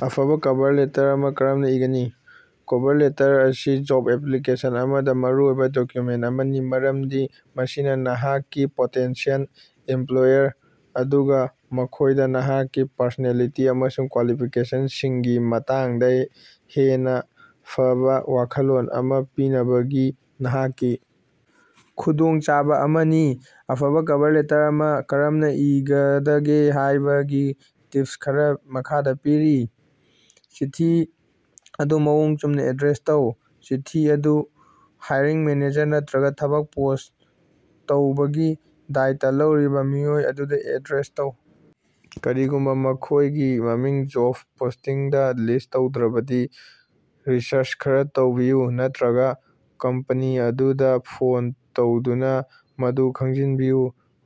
ꯑꯐꯕꯥ cover letter ꯑꯃꯥ ꯀꯔꯝꯅꯥ ꯏꯒꯅꯤ? ꯀꯣꯚꯔ ꯂꯦꯇꯔ ꯑꯁꯤ ꯖꯣꯕ ꯑꯦꯞꯄ꯭ꯂꯤꯀꯦꯁꯟ ꯑꯃꯗꯥ ꯃꯔꯨꯑꯣꯏꯕꯥ ꯗꯣꯀ꯭ꯌꯨꯃꯦꯟ ꯑꯃꯅꯤ, ꯃꯔꯝꯗꯤ ꯃꯁꯤꯅꯥ ꯅꯍꯥꯛꯀꯤ ꯄꯣꯇꯦꯟꯁꯤꯑꯦꯜ ꯏꯝꯄ꯭ꯂꯣꯌꯔ ꯑꯗꯨꯒꯥ ꯃꯈꯣꯏꯗꯥ ꯅꯍꯥꯛꯀꯤ ꯄꯔꯁꯣꯅꯦꯂꯤꯇꯤ ꯑꯃꯁꯨꯡ ꯀ꯭ꯋꯥꯂꯤꯐꯤꯀꯦꯁꯟꯁꯤꯡꯒꯤ ꯃꯇꯥꯡꯗꯥ ꯍꯦꯟꯅꯥ ꯐꯕꯥ ꯋꯥꯈꯜꯂꯣꯟ ꯑꯃꯥ ꯄꯤꯅꯕꯒꯤ ꯅꯍꯥꯛꯀꯤ ꯈꯨꯗꯣꯡꯆꯥꯕꯥ ꯑꯃꯅꯤ꯫ ꯑꯐꯕꯥ ꯀꯚꯔ ꯂꯦꯇꯔ ꯑꯃꯥ ꯀꯔꯝꯅꯥ ꯏꯒꯗꯒꯦ ꯍꯥꯏꯕꯒꯤ ꯇꯤꯞꯁ ꯈꯔꯥ ꯃꯈꯥꯗꯥ ꯄꯤꯔꯤ: ꯆꯤꯊꯤ ꯑꯗꯨ ꯃꯑꯣꯡ ꯆꯨꯝꯅꯥ ꯑꯦꯗ꯭ꯔꯦꯁ ꯇꯧ: ꯆꯤꯊꯤ ꯑꯗꯨ ꯍꯥꯏꯔꯤꯡ ꯃꯦꯅꯦꯖꯔ ꯅꯠꯇ꯭ꯔꯒꯥ ꯊꯕꯛ ꯄꯣꯁ ꯇꯧꯕꯒꯤ ꯗꯥꯏꯇꯥ ꯂꯧꯔꯤꯕꯥ ꯃꯤꯑꯣꯏ ꯑꯗꯨꯗꯥ ꯑꯦꯗ꯭ꯔꯦꯁ ꯇꯧ꯫ ꯀꯔꯤꯒꯨꯝꯕꯥ ꯃꯈꯣꯏꯒꯤ ꯃꯃꯤꯡ ꯖꯣꯕ ꯄꯣꯁꯇꯤꯡꯗꯥ ꯂꯤꯁ ꯇꯧꯗ꯭ꯔꯕꯗꯤ, ꯔꯤꯁꯔꯆ ꯈꯔꯥ ꯇꯧꯕꯤꯌꯨ ꯅꯠꯇ꯭ꯔꯒ ꯀꯝꯄꯅꯤ ꯑꯗꯨꯗꯥ ꯐꯣꯟ ꯇꯧꯗꯨꯅꯥ ꯃꯗꯨ ꯈꯪꯖꯤꯟꯕꯤꯌꯨ꯫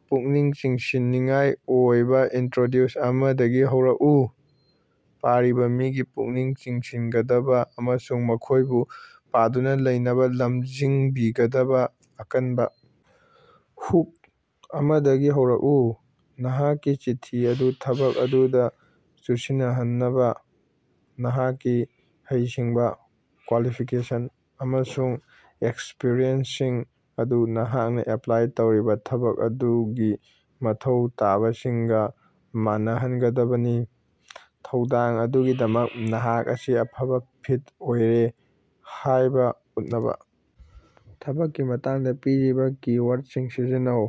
ꯄꯨꯛꯅꯤꯡ ꯆꯤꯡꯁꯤꯟꯅꯤꯡꯉꯥꯏ ꯑꯣꯏꯕꯥ ꯏꯟꯇ꯭ꯔꯣꯗ꯭ꯌꯨꯁꯟ ꯑꯃꯗꯒꯤ ꯍꯧꯔꯛꯎ: ꯄꯥꯔꯤꯕꯥ ꯃꯤꯒꯤ ꯄꯨꯛꯅꯤꯡ ꯆꯤꯡꯁꯤꯟꯒꯗꯕꯥ ꯑꯃꯁꯨꯡ ꯃꯈꯣꯏꯕꯨ ꯄꯥꯗꯨꯅꯥ ꯂꯩꯅꯕꯥ ꯂꯝꯖꯤꯡꯕꯤꯒꯗꯕꯥ ꯑꯀꯟꯕꯥ ꯍꯨꯛ ꯑꯃꯗꯒꯤ ꯍꯧꯔꯛꯎ꯫ ꯅꯍꯥꯛꯀꯤ ꯆꯤꯊꯤ ꯑꯗꯨ ꯊꯕꯛ ꯑꯗꯨꯒꯥ ꯆꯨꯁꯤꯟꯅꯍꯅꯕꯥ: ꯅꯍꯥꯛꯀꯤ ꯍꯩꯁꯤꯡꯕꯥ, ꯀ꯭ꯋꯥꯂꯤꯐꯤꯀꯦꯁꯟ ꯑꯃꯁꯨꯡ ꯑꯦꯛꯁꯄ꯭ꯔꯤꯌꯦꯟꯁ ꯁꯤꯡ ꯑꯗꯨ ꯅꯍꯥꯛꯅꯥ ꯑꯦꯄ꯭ꯂꯥꯏ ꯇꯧꯔꯤꯕꯥ ꯊꯕꯛ ꯑꯗꯨꯒꯤ ꯃꯊꯧ ꯇꯥꯕꯁꯤꯡꯒꯥ ꯃꯥꯟꯅꯍꯟꯒꯗꯕꯅꯤ꯫ ꯊꯧꯗꯥꯡ ꯑꯗꯨꯒꯤꯗꯃꯛꯇꯥ ꯅꯍꯥꯛ ꯑꯁꯤ ꯑꯐꯕꯥ ꯐꯤꯠ ꯑꯣꯏꯔꯦ ꯍꯥꯏꯕꯥ ꯎꯠꯅꯕꯥ ꯊꯕꯛꯀꯤ ꯃꯇꯥꯡꯗꯥ ꯄꯤꯔꯤꯕꯥ ꯀꯤ-ꯋꯥꯔꯗꯁꯤꯡ ꯁꯤꯖꯤꯟꯅꯧ꯫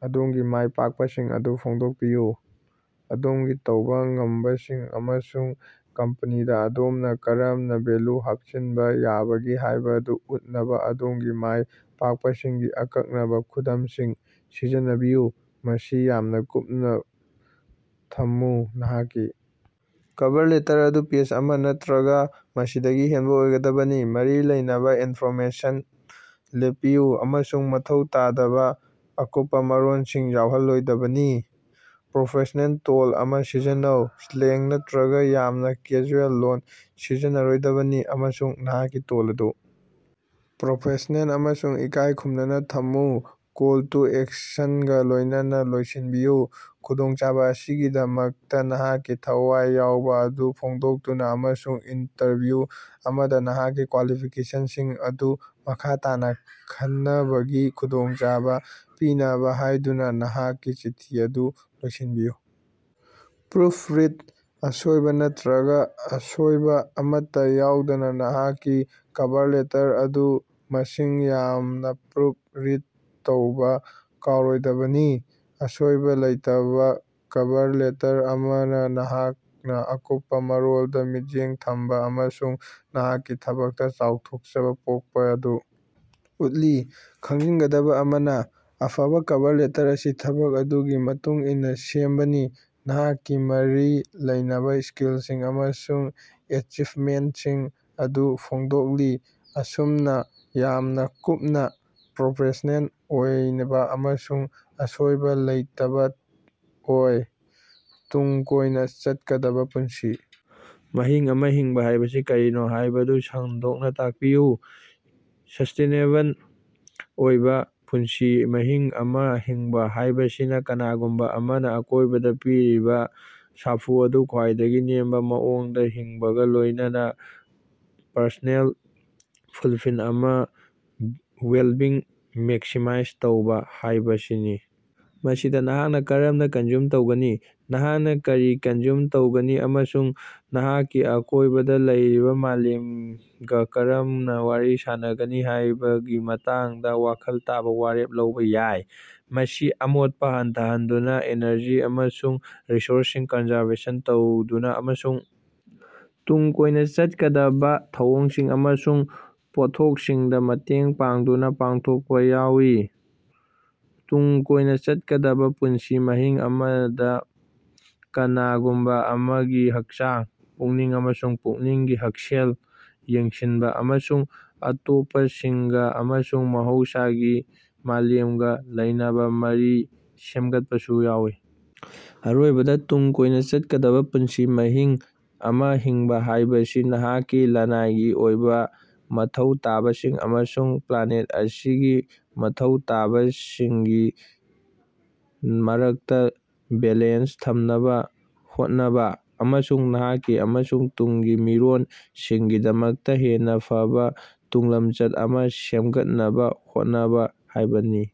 ꯑꯗꯣꯝꯒꯤ ꯃꯥꯏ ꯄꯥꯛꯄꯁꯤꯡ ꯑꯗꯨ ꯐꯣꯡꯗꯣꯛꯄꯤꯌꯨ: ꯑꯗꯣꯝꯒꯤ ꯇꯧꯕꯥ ꯉꯝꯕꯁꯤꯡ ꯑꯃꯁꯨꯡ ꯀꯝꯄꯦꯅꯤꯗꯥ ꯑꯗꯣꯝꯅꯥ ꯀꯔꯝꯅꯥ ꯚꯦꯜꯌꯨ ꯍꯥꯞꯆꯤꯟꯕꯥ ꯌꯥꯕꯒꯦ ꯍꯥꯏꯕꯗꯨ ꯎꯠꯅꯕꯥ ꯑꯗꯣꯝꯒꯤ ꯃꯥꯏ ꯄꯥꯛꯄꯁꯤꯡꯒꯤ ꯑꯀꯛꯅꯕꯥ ꯈꯨꯗꯝꯁꯤꯡ ꯁꯤꯖꯤꯟꯅꯕꯤꯌꯨ꯫ ꯃꯁꯤ ꯌꯥꯝꯅꯥ ꯀꯨꯞꯅꯥ ꯊꯝꯃꯨ: ꯅꯍꯥꯛꯀꯤ ꯀꯚꯔ ꯂꯦꯇꯔ ꯑꯗꯨ ꯄꯦꯖ ꯑꯃꯥ ꯅꯠꯇ꯭ꯔꯒꯥ ꯃꯁꯤꯗꯒꯤ ꯍꯦꯟꯕꯥ ꯑꯣꯏꯒꯗꯕꯅꯤ꯫ ꯃꯔꯤ ꯂꯩꯅꯕꯥ ꯏꯟꯐꯣꯔꯃꯦꯁꯟꯗꯥ ꯂꯦꯞꯄꯤꯌꯨ ꯑꯃꯁꯨꯡ ꯃꯊꯧ ꯇꯥꯗꯕꯥ ꯑꯀꯨꯞꯄꯥ ꯃꯔꯣꯜꯁꯤꯡ ꯌꯥꯎꯍꯜꯂꯣꯏꯗꯕꯅꯤ꯫ ꯄ꯭ꯔꯣꯐꯦꯁꯅꯦꯜ ꯇꯣꯟ ꯑꯃꯥ ꯁꯤꯖꯤꯟꯅꯧ: ꯁ꯭ꯂꯦꯡ ꯅꯠꯇ꯭ꯔꯒꯥ ꯌꯥꯝꯅꯥ ꯀꯦꯖꯨꯑꯦꯜ ꯂꯣꯜ ꯁꯤꯖꯤꯟꯅꯔꯣꯏꯗꯕꯅꯤ, ꯑꯃꯁꯨꯡ ꯅꯍꯥꯛꯀꯤ ꯇꯣꯟ ꯑꯗꯨ ꯄ꯭ꯔꯣꯐꯦꯁꯅꯦꯜ ꯑꯃꯁꯨꯡ ꯏꯀꯥꯏ ꯈꯨꯝꯅꯅꯥ ꯊꯝꯃꯨ꯫ ꯀꯣꯜ ꯇꯨ ꯑꯦꯛꯁꯟꯒꯥ ꯂꯣꯏꯅꯅꯥ ꯂꯣꯏꯁꯤꯟꯕꯤꯌꯨ: ꯈꯨꯗꯣꯡꯆꯕ ꯑꯁꯤꯒꯤꯗꯃꯛꯇꯥ ꯅꯍꯥꯛꯀꯤ ꯊꯋꯥꯏ ꯌꯥꯎꯕꯥ ꯑꯗꯨ ꯐꯣꯡꯗꯣꯛꯇꯨꯅꯥ ꯑꯃꯁꯨꯡ ꯏꯟꯇꯔꯚ꯭ꯌꯨ ꯑꯃꯗꯥ ꯅꯍꯥꯛꯀꯤ ꯀ꯭ꯋꯥꯂꯤꯐꯤꯀꯦꯁꯟꯁꯤꯡ ꯑꯗꯨ ꯃꯈꯥ ꯇꯥꯅꯥ ꯈꯟꯅꯕꯒꯤ ꯈꯨꯗꯣꯡꯆꯕ ꯄꯤꯅꯕꯥ ꯍꯥꯏꯗꯨꯅꯥ ꯅꯍꯥꯛꯀꯤ ꯆꯤꯊꯤ ꯑꯗꯨ ꯂꯣꯏꯁꯤꯟꯕꯤꯌꯨ꯫ ꯄ꯭ꯔꯨꯐ ꯔꯤꯗ: ꯑꯁꯣꯏꯕꯥ ꯅꯠꯇ꯭ꯔꯒꯥ ꯑꯁꯣꯏꯕꯥ ꯑꯃꯠꯇꯥ ꯌꯥꯎꯗꯅꯥ ꯅꯍꯥꯛꯀꯤ ꯀꯚꯔ ꯂꯦꯇꯔ ꯑꯗꯨ ꯃꯁꯤꯡ ꯌꯥꯝꯅ ꯄ꯭ꯔꯨꯐ ꯔꯤꯗ ꯇꯧꯕꯥ ꯀꯥꯎꯔꯣꯏꯗꯕꯅꯤ꯫ ꯑꯁꯣꯏꯕ ꯂꯩꯇꯕ ꯀꯚꯔ ꯂꯦꯇꯔ ꯑꯃꯅ ꯅꯍꯥꯛꯅ ꯑꯀꯨꯞꯄꯥ ꯃꯔꯣꯜꯗ ꯃꯤꯠꯌꯦꯡ ꯊꯝꯕꯥ ꯑꯃꯁꯨꯡ ꯅꯍꯥꯛꯀꯤ ꯊꯕꯛꯇꯥ ꯆꯥꯎꯊꯣꯛꯆꯕ ꯄꯣꯛꯄꯥ ꯑꯗꯨ ꯎꯠꯂꯤ꯫ ꯈꯪꯖꯤꯟꯒꯗꯕꯥ ꯑꯃꯅꯥ, ꯑꯐꯕꯥ ꯀꯚꯔ ꯂꯦꯇꯔ ꯑꯁꯤ ꯊꯕꯛ ꯑꯗꯨꯒꯤ ꯃꯇꯨꯡ ꯏꯟꯅꯥ ꯁꯦꯝꯕꯅꯤ, ꯅꯍꯥꯛꯀꯤ ꯃꯔꯤ ꯂꯩꯅꯕꯥ ꯁ꯭ꯀꯤꯜꯁꯤꯡ ꯑꯃꯁꯨꯡ ꯑꯦꯆꯤꯕꯃꯦꯟꯇꯁꯤꯡ ꯑꯗꯨ ꯐꯣꯡꯗꯣꯛꯂꯤ ꯑꯃꯁꯨꯡ ꯌꯥꯝꯅꯥ ꯀꯨꯞꯄꯥ, ꯄ꯭ꯔꯣꯐꯦꯁꯅꯦꯜ ꯑꯣꯏꯕ ꯑꯃꯁꯨꯡ ꯑꯁꯣꯏꯕꯥ ꯂꯩꯇꯕꯥ ꯑꯣꯏ꯫ ꯇꯨꯡ ꯀꯣꯏꯅꯥ ꯆꯠꯀꯗꯕꯥ ꯄꯨꯟꯁꯤ ꯃꯍꯤꯡ ꯑꯃꯥ ꯍꯤꯡꯕꯥ ꯍꯥꯏꯕꯁꯤ ꯀꯔꯤꯅꯣ ꯍꯥꯏꯕꯗꯨ ꯁꯟꯗꯣꯛꯅꯥ ꯇꯥꯛꯄꯤꯌꯨ꯫ ꯁꯁ꯭ꯇꯦꯅꯦꯕꯜ ꯑꯣꯏꯕꯥ ꯄꯨꯟꯁꯤ ꯃꯍꯤꯡ ꯑꯃꯥ ꯍꯤꯡꯕꯥ ꯍꯥꯏꯕꯁꯤꯅꯥ ꯀꯅꯥꯒꯨꯝꯕꯥ ꯑꯃꯅꯥ ꯑꯀꯣꯏꯕꯗ ꯄꯤꯔꯤꯕꯥ ꯁꯥꯐꯨ ꯑꯗꯨ ꯈ꯭ꯋꯥꯏꯗꯒꯤ ꯅꯦꯝꯕꯥ ꯃꯑꯣꯡꯗꯥ ꯍꯤꯡꯕꯒꯥ ꯂꯣꯏꯅꯅꯥ ꯄꯔꯁꯣꯅꯦꯜ ꯐꯨꯜꯐꯤꯜ ꯑꯃꯁꯨꯡ ꯋꯦꯜꯕꯤꯡ ꯃꯦꯛꯁꯤꯃꯥꯏꯖ ꯇꯧꯕꯥ ꯍꯥꯏꯕꯁꯤꯅꯤ꯫ ꯃꯁꯤꯗꯥ ꯅꯍꯥꯛꯅꯥ ꯀꯔꯝꯅꯥ ꯀꯟꯖ꯭ꯌꯨꯝ ꯇꯧꯒꯅꯤ, ꯅꯍꯥꯛꯅꯥ ꯀꯔꯤ ꯀꯟꯖ꯭ꯌꯨꯝ ꯇꯧꯒꯅꯤ ꯑꯃꯁꯨꯡ ꯅꯍꯥꯛꯀꯤ ꯑꯀꯣꯏꯕꯗ ꯂꯩꯔꯤꯕꯥ ꯃꯥꯂꯦꯝꯒꯥ ꯀꯔꯝꯅꯥ ꯋꯥꯔꯤ ꯁꯥꯅꯒꯅꯤ ꯍꯥꯏꯕꯒꯤ ꯃꯇꯥꯡꯗ ꯋꯥꯈꯜ ꯇꯕꯥ ꯋꯥꯔꯦꯞ ꯂꯧꯕꯥ ꯌꯥꯏ꯫ ꯃꯁꯤ ꯑꯃꯣꯠꯄꯥ ꯍꯟꯊꯍꯟꯗꯨꯅꯥ, ꯏꯅꯔꯖꯤ ꯑꯃꯁꯨꯡ ꯔꯤꯁꯣꯔꯁꯁꯤꯡ ꯀꯟꯖꯔꯕꯦꯁꯟ ꯇꯧꯗꯨꯅꯥ ꯑꯃꯁꯨꯡ ꯇꯨꯡ ꯀꯣꯏꯅꯥ ꯆꯠꯀꯗꯕꯥ ꯊꯧꯑꯣꯡꯁꯤꯡ ꯑꯃꯁꯨꯡ ꯄꯣꯠꯊꯣꯛꯁꯤꯡꯗꯥ ꯃꯇꯦꯡ ꯄꯥꯡꯗꯨꯅꯥ ꯄꯥꯡꯊꯣꯛꯄꯥ ꯌꯥꯎꯏ꯫ ꯇꯨꯡ ꯀꯣꯏꯅꯥ ꯆꯠꯀꯗꯕꯥ ꯄꯨꯟꯁꯤ ꯃꯍꯤꯡ ꯑꯃꯗꯥ ꯀꯅꯥꯒꯨꯝꯕꯥ ꯑꯃꯒꯤ ꯍꯛꯆꯥꯡ, ꯄꯨꯛꯅꯤꯡ ꯑꯃꯁꯨꯡ ꯄꯨꯛꯅꯤꯡꯒꯤ ꯍꯛꯁꯦꯜ ꯌꯦꯡꯁꯤꯟꯕꯥ ꯑꯃꯁꯨꯡ ꯑꯇꯣꯞꯄꯁꯤꯡꯒꯥ ꯑꯃꯁꯨꯡ ꯃꯍꯧꯁꯥꯒꯤ ꯃꯥꯂꯦꯝꯒꯥ ꯂꯩꯅꯕꯥ ꯃꯔꯤ ꯁꯦꯝꯒꯠꯄꯁꯨ ꯌꯥꯎꯏ꯫ ꯑꯔꯣꯏꯕꯗꯥ, ꯇꯨꯡ ꯀꯣꯏꯅꯥ ꯆꯠꯀꯗꯕꯥ ꯄꯨꯟꯁꯤ ꯃꯍꯤꯡ ꯑꯃꯥ ꯍꯤꯡꯕꯥ ꯍꯥꯏꯕꯁꯤ ꯅꯍꯥꯛꯀꯤ ꯂꯅꯥꯏꯒꯤ ꯑꯣꯏꯕꯥ ꯃꯊꯧ ꯇꯥꯕꯁꯤꯡ ꯑꯃꯁꯨꯡ ꯄ꯭ꯂꯥꯅꯦꯠ ꯑꯁꯤꯒꯤ ꯃꯊꯧ ꯇꯥꯕꯁꯤꯡꯒꯤ ꯃꯔꯛꯇꯥ ꯕꯦꯂꯦꯟꯁ ꯊꯝꯅꯕꯥ ꯍꯣꯠꯅꯕꯥ, ꯑꯃꯁꯨꯡ ꯅꯍꯥꯛꯀꯤ ꯑꯃꯁꯨꯡ ꯇꯨꯡꯒꯤ ꯃꯤꯔꯣꯜ ꯁꯤꯡꯒꯤꯗꯃꯛꯇꯥ ꯍꯦꯟꯅꯥ ꯐꯕꯥ ꯇꯨꯡꯂꯝꯆꯠ ꯑꯃꯥ ꯁꯦꯃꯒꯠꯅꯕꯥ ꯍꯣꯠꯅꯕꯥ ꯍꯥꯏꯕꯅꯤ꯫